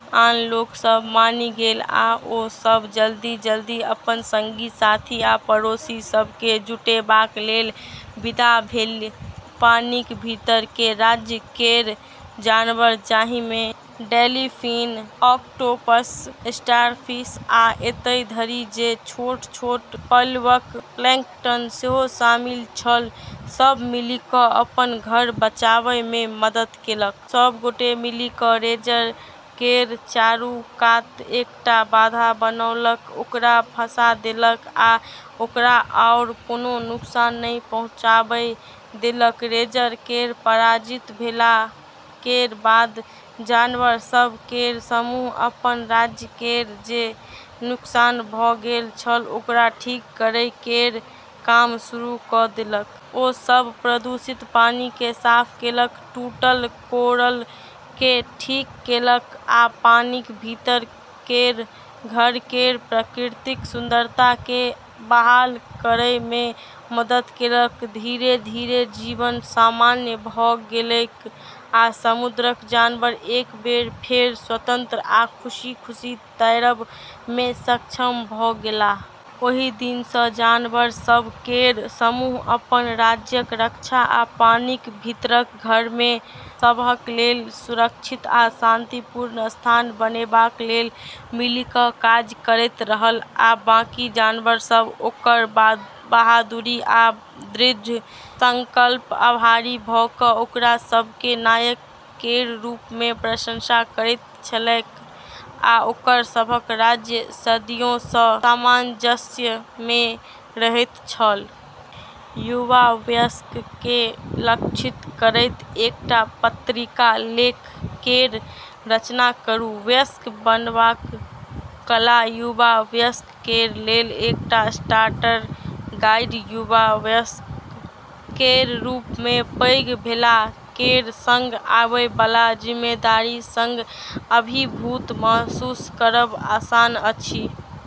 आन लोक सभ मानि गेल, आ ओ सभ जल्दी-जल्दी अपन संगी-साथी आ पड़ोसी सभ केँ जुटेबाक लेल विदा भेल। पानिक भीतर केर राज्य केर जानवर, जाहि मे डॉल्फिन, ऑक्टोपस, स्टारफिश, आ एतय धरि जे छोट-छोट प्लवक प्लैंकटन सेहो शामिल छल, सभ मिलि कऽ अपन घर बचाबै मे मदद केलक। सभ गोटे मिलि कऽ रेजर केर चारू कात एकटा बाधा बनौलक, ओकरा फँसा देलक आ ओकरा आओर कोनो नुकसान नहि पहुँचाबै देलक। रेजर केर पराजित भेला केर बाद जानवर सभ केर समूह अपन राज्य केर जे नुकसान भऽ गेल छल ओकरा ठीक करै केर काम शुरू कऽ देलक। ओ सभ प्रदूषित पानि केँ साफ केलक, टूटल कोरल केँ ठीक केलक आ पानिक भीतर केर घर केर प्राकृतिक सुंदरता केँ बहाल करय मे मदद केलक। धीरे-धीरे जीवन सामान्य भऽ गेलैक, आ समुद्रक जानवर एक बेर फेर स्वतंत्र आ खुशी-खुशी तैरब मे सक्षम भऽ गेलाह। ओहि दिन सँ जानवर सभ केर समूह अपन राज्यक रक्षा आ पानिक भीतरक घर केँ सबहक लेल सुरक्षित आ शांतिपूर्ण स्थान बनेबाक लेल मिलि कऽ काज करैत रहल आ बाकी जानवर सभ ओकर बहादुरी आ दृढ़ संकल्पक आभारी भऽ कऽ ओकरा सभ केँ नायक केर रूप मे प्रशंसा करैत छलैक आ ओकर सभक राज्य सदियो सँ सामंजस्य मे रहैत छल। युवा वयस्क केँ लक्षित करैत एकटा पत्रिका लेख केर रचना करू। वयस्क बनबाक कला युवा वयस्क केर लेल एकटा स्टार्टर गाइड। युवा वयस्क केर रूप मे, पैघ भेला केर संग आबै बला जिम्मेदारी सँ अभिभूत महसूस करब आसान अछि।